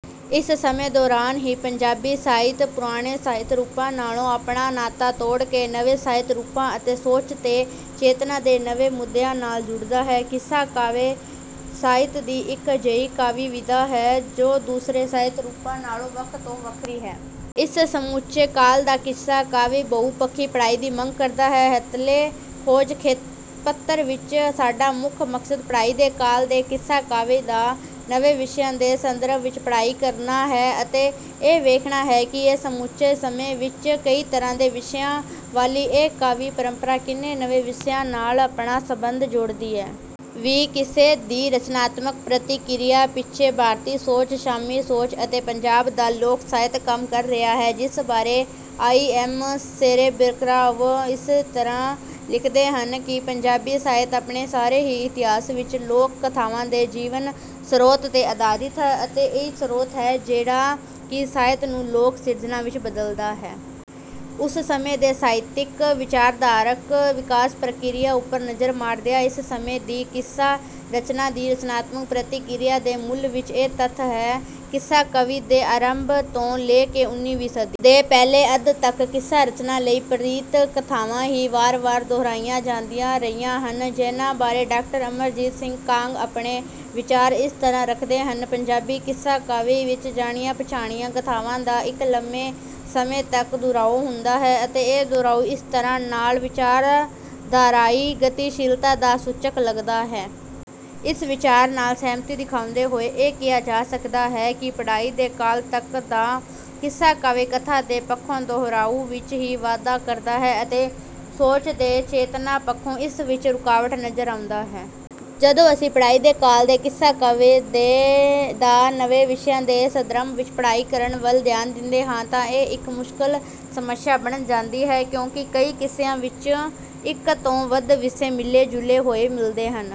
ਇਸ ਸਮੇਂ ਦੌਰਾਨ ਹੀ ਪੰਜਾਬੀ ਸਾਹਿਤ ਪੁਰਾਣੇ ਸਾਹਿਤ ਰੂਪਾਂ ਨਾਲੋਂ ਆਪਣਾ ਨਾਤਾ ਤੋੜ ਕੇ ਨਵੇਂ ਸਾਹਿਤ ਰੂਪਾਂ ਅਤੇ ਸੋਚ ਤੇ ਚੇਤਨਾ ਦੇ ਨਵੇਂ ਮੁੱਦਿਆਂ ਨਾਲ ਜੁੜਦਾ ਹੈ। ਕਿੱਸਾ ਕਾਵਿ ਸਾਹਿਤ ਦੀ ਇੱਕ ਅਜਿਹੀ ਕਾਵਿ ਵਿਧਾ ਹੈ ਜੋ ਦੂਸਰੇ ਸਾਹਿਤ ਰੂਪਾਂ ਨਾਲੋਂ ਵੱਖ ਤੇ ਵੱਖਰੀ ਹੈ। ਇਸ ਸਮੁੱਚੇ ਕਾਲ ਦਾ ਕਿੱਸਾ ਕਾਵਿ ਬਹੁ ਪੱਖੀ ਪੜ੍ਹਾਈ ਦੀ ਮੰਗ ਕਰਦਾ ਹੈ। ਹੱਥਲੇ ਖੋਜ ਪੱਤਰ ਵਿੱਚ ਸਾਡਾ ਮੁੱਖ ਮਕਸਦ ਪੜ੍ਹਾਈ ਦੇ ਕਾਲ ਦੇ ਕਿੱਸਾ ਕਾਵਿ ਦਾ ਨਵੇਂ ਵਿਸ਼ਿਆਂ ਦੇ ਸੰਦਰਭ ਵਿੱਚ ਪੜ੍ਹਾਈ ਕਰਨਾ ਹੈ ਅਤੇ ਇਹ ਵੇਖਣਾ ਹੈ ਕਿ ਇਸ ਸਮੁੱਚੇ ਸਮੇਂ ਵਿੱਚ ਕਈ ਤਰ੍ਹਾਂ ਦੇ ਵਿਸ਼ਿਆਂ ਵਾਲੀ ਇਹ ਕਾਵਿ ਪਰੰਪਰਾ ਕਿੰਨੇ ਨਵੇਂ ਵਿਸ਼ਿਆਂ ਨਾਲ ਆਪਣਾ ਸਬੰਧ ਜੋੜਦੀ ਹੈ। ਵੀ ਕਿੱਸੇ ਦੀ ਰਚਨਾਤਮਕ ਪ੍ਰਤੀਕਿਰਿਆ ਪਿੱਛੇ ਭਾਰਤੀ ਸੋਚ ਸਾਮੀ ਸੋਚ ਅਤੇ ਪੰਜਾਬ ਦਾ ਲੋਕ ਸਾਹਿਤ ਕੰਮ ਕਰ ਰਿਹਾ ਹੈ ਜਿਸ ਬਾਰੇ ਆਈ ਐਮ ਸੇਰੇਬਿਕ੍ਰਾਅਵ ਇਸ ਤਰ੍ਹਾਂ ਲਿਖਦੇ ਹਨ ਕਿ ਪੰਜਾਬੀ ਸਾਹਿਤ ਆਪਣੇ ਸਾਰੇ ਹੀ ਇਤਿਹਾਸ ਵਿੱਚ ਲੋਕ ਕਥਾਵਾਂ ਦੇ ਜੀਵਨ ਸਰੋਤ ਤੇ ਆਧਾਰਿਤ ਹੈ ਅਤੇ ਇਹੀ ਸਰੋਤ ਹੈ ਜਿਹੜਾ ਕਿ ਸਾਹਿਤ ਨੂੰ ਲੋਕ ਸਿਰਜਣਾ ਵਿੱਚ ਬਦਲਦਾ ਹੈ। ਉਸ ਸਮੇਂ ਦੇ ਸਾਹਿਤਿਕ ਵਿਚਾਰਧਾਰਕ ਵਿਕਾਸ ਪ੍ਰਕਿਰਿਆ ਉੱਪਰ ਨਜ਼ਰ ਮਾਰਦਿਆਂ ਇਸ ਸਮੇਂ ਦੀ ਕਿੱਸਾ ਰਚਨਾ ਦੀ ਰਚਨਾਤਮਕ ਪ੍ਰਤੀਕਿਰਿਆ ਦੇ ਮੂਲ ਵਿੱਚ ਇਹ ਤੱਥ ਹੈ। ਕਿੱਸਾ ਕਵੀ ਦੇ ਆਰੰਭ ਤੋਂ ਲੈ ਕੇ ਉਨ੍ਹੀਵੀਂ ਸਦੀ ਦੇ ਪਹਿਲੇ ਅੱਧ ਤੱਕ ਕਿੱਸਾ ਰਚਨਾ ਲਈ ਪ੍ਰੀਤ ਕਥਾਵਾਂ ਹੀ ਵਾਰ ਵਾਰ ਦੁਹਰਾਈਆਂ ਜਾਂਦੀਆਂ ਰਹੀਆਂ ਹਨ ਜਿਹਨਾਂ ਬਾਰੇ ਡਾਕਟਰ ਅਮਰਜੀਤ ਸਿੰਘ ਕਾਂਗ ਆਪਣੇ ਵਿਚਾਰ ਇਸ ਤਰ੍ਹਾਂ ਰੱਖਦੇ ਹਨ ਪੰਜਾਬੀ ਕਿੱਸਾ ਕਾਵਿ ਵਿੱਚ ਜਾਣੀਆਂ ਪਛਾਣੀਆਂ ਕਥਾਵਾਂ ਦਾ ਇੱਕ ਲੰਮੇ ਸਮੇਂ ਤੱਕ ਦੁਹਰਾਉ ਹੁੰਦਾ ਹੈ ਅਤੇ ਇਹ ਦੁਹਰਾਉ ਇਸ ਤਰ੍ਹਾਂ ਨਾਲ ਵਿਚਾਰਧਾਰਾਈ ਗਤੀਸ਼ੀਲਤਾ ਦਾ ਸੂਚਕ ਲੱਗਦਾ ਹੈ। ਇਸ ਵਿਚਾਰ ਨਾਲ ਸਹਿਮਤੀ ਦਿਖਾਉਂਦੇ ਹੋਏ ਇਹ ਕਿਹਾ ਜਾ ਸਕਦਾ ਹੈ ਕਿ ਪੜ੍ਹਾਈ ਦੇ ਕਾਲ ਤੱਕ ਦਾ ਕਿੱਸਾ ਕਾਵਿ ਕਥਾ ਦੇ ਪੱਖੋਂ ਦੁਹਰਾਉ ਵਿੱਚ ਹੀ ਵਾਧਾ ਕਰਦਾ ਹੈ ਅਤੇ ਸੋਚ ਤੇ ਚੇਤਨਾ ਪੱਖੋਂ ਇਸ ਵਿੱਚ ਰੁਕਾਵਟ ਨਜ਼ਰ ਆਉਂਦਾ ਹੈ। ਜਦੋਂ ਅਸੀਂ ਪੜ੍ਹਾਈ ਦੇ ਕਾਲ ਦੇ ਕਿੱਸਾ ਕਾਵਿ ਦਾ ਨਵੇਂ ਵਿਸ਼ਿਆਂ ਦੇ ਸਦਰਭ ਵਿੱਚ ਪੜ੍ਹਾਈ ਕਰਨ ਵੱਲ ਧਿਆਨ ਦਿੰਦੇ ਹਾਂ ਤਾਂ ਇਹ ਇੱਕ ਮੁਸ਼ਕਲ ਸਮੱਸਿਆ ਬਣ ਜਾਂਦੀ ਹੈ ਕਿਉਂਕਿ ਕਈ ਕਿੱਸਿਆਂ ਵਿੱਚ ਇੱਕ ਤੋਂ ਵੱਧ ਵਿਸੇ ਮਿਲੇ ਜੁਲੇ ਹੋਏ ਮਿਲਦੇ ਹਨ।